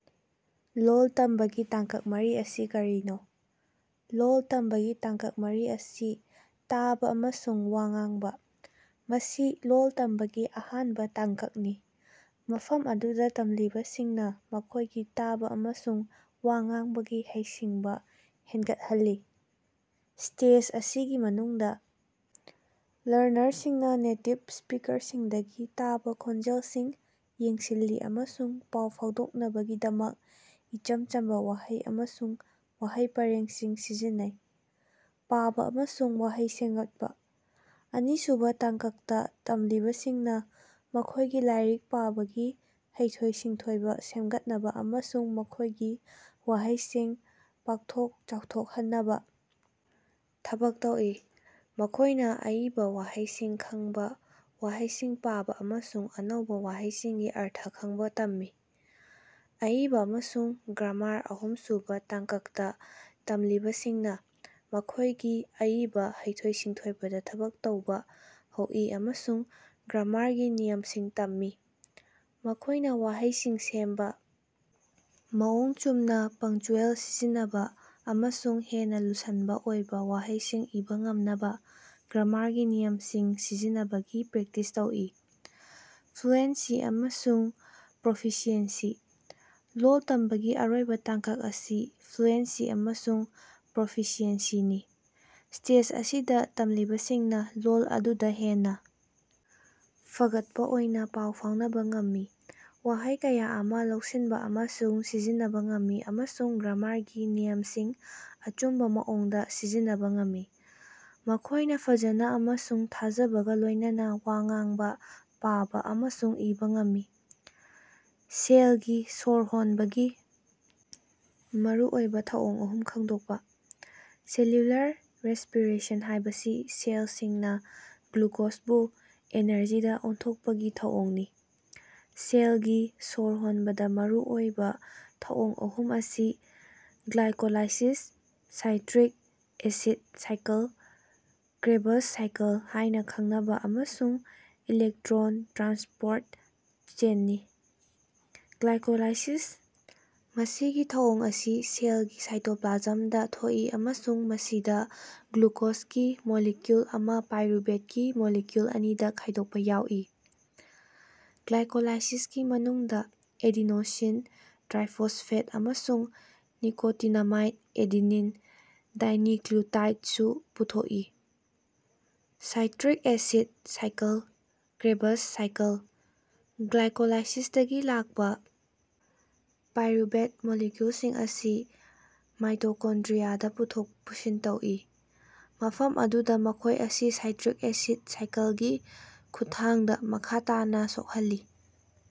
ꯂꯣꯜ ꯇꯝꯕꯒꯤ ꯇꯥꯡꯀꯛ ꯃꯔꯤ ꯑꯁꯤ ꯀꯔꯤꯅꯣ? ꯂꯣꯜ ꯇꯝꯕꯒꯤ ꯇꯥꯡꯀꯛ ꯃꯔꯤ ꯑꯁꯤ: ꯇꯥꯕ ꯑꯃꯁꯨꯡ ꯋꯥ ꯉꯥꯡꯕ: ꯃꯁꯤ ꯂꯣꯜ ꯇꯝꯕꯒꯤ ꯑꯍꯥꯟꯕ ꯇꯥꯡꯀꯛꯅꯤ ꯃꯐꯝ ꯑꯗꯨꯗ ꯇꯝꯂꯤꯕꯁꯤꯡꯅ ꯃꯈꯣꯢꯒꯤ ꯇꯥꯕ ꯑꯃꯁꯨꯡ ꯋꯥ ꯉꯥꯡꯕꯒꯤ ꯍꯩꯁꯤꯡꯕ ꯍꯦꯟꯒꯠꯍꯜꯂꯤ꯫ ꯁ꯭ꯇꯦꯖ ꯑꯁꯤꯒꯤ ꯃꯅꯨꯡꯗ ꯂꯔꯅꯔꯁꯤꯡꯅ ꯅꯦꯇꯤꯚ ꯁ꯭ꯄꯤꯀꯔꯁꯤꯡꯗꯒꯤ ꯇꯥꯕꯥ ꯈꯣꯟꯖꯦꯜꯁꯤꯡ ꯌꯦꯡꯁꯤꯜꯂꯤ ꯑꯃꯁꯨꯡ ꯄꯥꯎ ꯐꯥꯎꯗꯣꯛꯅꯕꯒꯤꯗꯃꯛ ꯏꯆꯝ ꯆꯝꯕ ꯋꯥꯍꯩ ꯑꯃꯁꯨꯡ ꯋꯥꯍꯩ ꯄꯔꯦꯡꯁꯤꯡ ꯁꯤꯖꯤꯟꯅꯩ꯫ ꯄꯥꯕꯥ ꯑꯃꯁꯨꯡ ꯋꯥꯍꯩ ꯁꯦꯝꯒꯠꯄ: ꯑꯅꯤꯁꯨꯕ ꯇꯥꯡꯀꯛꯇ ꯇꯝꯂꯤꯕꯁꯤꯡꯅ ꯃꯈꯣꯢꯒꯤ ꯂꯥꯏꯔꯤꯛ ꯄꯥꯕꯒꯤ ꯍꯩꯊꯣꯏ-ꯁꯤꯡꯊꯣꯏꯕ ꯁꯦꯝꯒꯠꯅꯕ ꯑꯃꯁꯨꯡ ꯃꯈꯣꯢꯒꯤ ꯋꯥꯍꯩꯁꯤꯡ ꯄꯥꯛꯊꯣꯛ ꯆꯥꯎꯊꯣꯛꯍꯟꯅꯕ ꯊꯕꯛ ꯇꯧꯏ꯫ ꯃꯈꯣꯢꯅ ꯑꯏꯕ ꯋꯥꯍꯩꯁꯤꯡ ꯈꯡꯕ ꯋꯥꯍꯩꯁꯤꯡ ꯄꯥꯕ ꯑꯃꯁꯨꯡ ꯑꯅꯧꯕ ꯋꯥꯍꯩꯁꯤꯡꯒꯤ ꯑꯔꯊ ꯈꯡꯕ ꯇꯝꯃꯤ꯫ ꯑꯏꯕ ꯑꯃꯁꯨꯡ ꯒ꯭ꯔꯥꯃꯥꯔ: ꯑꯍꯨꯝꯁꯨꯕ ꯇꯥꯡꯀꯛꯇ ꯇꯝꯂꯤꯕꯁꯤꯡꯅ ꯃꯈꯣꯢꯒꯤ ꯑꯏꯕ ꯍꯩꯊꯣꯏ-ꯁꯤꯡꯊꯣꯏꯕꯗ ꯊꯕꯛ ꯇꯧꯕ ꯍꯧꯏ ꯑꯃꯁꯨꯡ ꯒ꯭ꯔꯥꯃꯥꯔꯒꯤ ꯅꯤꯌꯝꯁꯤꯡ ꯇꯝꯃꯤ꯫ ꯃꯈꯣꯢꯅ ꯋꯥꯍꯩꯁꯤꯡ ꯁꯦꯝꯕ ꯃꯑꯣꯡ ꯆꯨꯝꯅ ꯄꯡꯆ꯭ꯌꯨꯑꯦꯜ ꯁꯤꯖꯤꯟꯅꯕ ꯑꯃꯁꯨꯡ ꯍꯦꯟꯅ ꯂꯨꯁꯟꯕ ꯑꯣꯏꯕ ꯋꯥꯍꯩꯁꯤꯡ ꯏꯕ ꯉꯝꯅꯕ ꯒ꯭ꯔꯥꯃꯥꯔꯒꯤ ꯅꯤꯌꯝꯁꯤꯡ ꯁꯤꯖꯤꯟꯅꯕꯒꯤ ꯄ꯭ꯔꯦꯛꯇꯤꯁ ꯇꯧꯏ꯫ ꯐ꯭ꯂꯨꯑꯦꯟꯁꯤ ꯑꯃꯁꯨꯡ ꯄ꯭ꯔꯣꯐꯤꯁꯤꯑꯦꯟꯁꯤ: ꯂꯣꯜ ꯇꯝꯕꯒꯤ ꯑꯔꯣꯏꯕ ꯇꯥꯡꯀꯛ ꯑꯁꯤ ꯐ꯭ꯂꯨꯑꯦꯟꯁꯤ ꯑꯃꯁꯨꯡ ꯄ꯭ꯔꯣꯐꯤꯁꯤꯌꯦꯟꯁꯤꯅꯤ꯫ ꯁ꯭ꯇꯦꯖ ꯑꯁꯤꯗ ꯇꯝꯂꯤꯕꯁꯤꯡꯅ ꯂꯣꯜ ꯑꯗꯨꯗ ꯍꯦꯟꯅ ꯐꯒꯠꯄ ꯑꯣꯏꯅ ꯄꯥꯎ ꯐꯥꯎꯅꯕ ꯉꯝꯃꯤ ꯋꯥꯍꯩ ꯀꯌꯥ ꯑꯃ ꯂꯧꯁꯤꯟꯕ ꯑꯃꯁꯨꯡ ꯁꯤꯖꯤꯟꯅꯕ ꯉꯝꯃꯤ ꯑꯃꯁꯨꯡ ꯒ꯭ꯔꯥꯃꯥꯔꯒꯤ ꯅꯤꯌꯝꯁꯤꯡ ꯑꯆꯨꯝꯕ ꯃꯑꯣꯡꯗ ꯁꯤꯖꯤꯟꯅꯕ ꯉꯝꯃꯤ꯫ ꯃꯈꯣꯢꯅ ꯐꯖꯅ ꯑꯃꯁꯨꯡ ꯊꯥꯖꯕꯒ ꯂꯣꯢꯅꯅꯥ ꯋꯥ ꯉꯥꯡꯕ ꯄꯥꯕꯥ ꯑꯃꯁꯨꯡ ꯏꯕꯥ ꯉꯝꯃꯤ꯫ ꯁꯦꯜꯒꯤ ꯁꯣꯔ ꯍꯣꯟꯕꯒꯤ ꯃꯔꯨꯑꯣꯏꯕ ꯊꯧꯑꯣꯡ ꯑꯍꯨꯝ ꯈꯪꯗꯣꯛꯄ꯫ ꯁꯦꯂ꯭ꯌꯨꯂꯔ ꯔꯦꯁꯄꯤꯔꯦꯁꯟ ꯍꯥꯢꯕꯁꯤ ꯁꯦꯜꯁꯤꯡꯅ ꯒ꯭ꯂꯨꯀꯣꯖꯕꯨ ꯑꯦꯅꯔꯖꯤꯗꯥ ꯑꯣꯟꯊꯣꯛꯄꯒꯤ ꯊꯧꯑꯣꯡꯅꯤ꯫ ꯁꯦꯜꯒꯤ ꯁꯣꯔ ꯍꯣꯟꯕꯗ ꯃꯔꯨ ꯑꯣꯏꯕ ꯊꯧꯑꯣꯡ ꯑꯍꯨꯝ ꯑꯁꯤ glycolysis, citric acid cycle Krebs cycle ꯍꯥꯢꯅꯥ ꯈꯡꯅꯕꯥ ꯑꯃꯁꯨꯡ ꯏꯂꯦꯛꯇ꯭ꯔꯣꯟ ꯇ꯭ꯔꯥꯟꯁꯄꯣꯔꯠ ꯆꯦꯟꯅꯤ꯫ ꯒ꯭ꯂꯥꯏꯀꯣꯂꯥꯏꯁꯤꯁ: ꯃꯁꯤꯒꯤ ꯊꯧꯑꯣꯡ ꯑꯁꯤ ꯁꯦꯜꯒꯤ ꯁꯥꯏꯇꯣꯄ꯭ꯂꯥꯖꯝꯗ ꯊꯣꯛꯏ ꯑꯃꯁꯨꯡ ꯃꯁꯤꯗ ꯒ꯭ꯂꯨꯀꯣꯖꯒꯤ ꯃꯣꯂꯤꯀ꯭ꯌꯨꯜ ꯑꯃ ꯄꯥꯏꯔꯨꯕꯦꯠꯀꯤ ꯃꯣꯂꯤꯀ꯭ꯌꯨꯜ ꯑꯅꯤꯗ ꯈꯥꯢꯗꯣꯛꯄ ꯌꯥꯎꯏ꯫ ꯒ꯭ꯂꯥꯏꯀꯣꯂꯥꯏꯁꯤꯁꯀꯤ ꯃꯅꯨꯡꯗ ꯑꯦꯗꯤꯅꯣꯁꯤꯟ ꯇ꯭ꯔꯥꯏꯐꯣꯁꯐꯦꯠ ꯑꯃꯁꯨꯡ ꯅꯤꯀꯣꯇꯤꯅꯥꯃꯥꯏꯠ ꯑꯦꯗꯤꯅꯤꯟ ꯗꯥꯏꯅꯤꯀ꯭ꯂꯨꯇꯥꯏꯠ ꯁꯨ ꯄꯨꯊꯣꯛꯏ꯫ Citric acid cycle Krebs cycle: ꯒ꯭ꯂꯥꯏꯀꯣꯂꯥꯏꯁꯤꯁꯇꯒꯤ ꯂꯥꯛꯄꯥ ꯄꯥꯏꯔꯨꯕꯦꯠ ꯃꯣꯂꯤꯀ꯭ꯌꯨꯜꯁꯤꯡ ꯑꯁꯤ ꯃꯥꯏꯇꯣꯀꯣꯟꯗ꯭ꯔꯤꯌꯥꯗ ꯄꯨꯊꯣꯛ ꯄꯨꯁꯤꯟ ꯇꯧꯏ, ꯃꯐꯝ ꯑꯗꯨꯗꯥ ꯃꯈꯣꯢ ꯑꯁꯤ ꯁꯥꯏꯇ꯭ꯔꯤꯛ ꯑꯦꯁꯤꯗ ꯁꯥꯏꯀꯜꯒꯤ ꯈꯨꯠꯊꯥꯡꯗꯥ ꯃꯈꯥ ꯇꯥꯅꯥ ꯁꯣꯛꯍꯜꯂꯤ꯫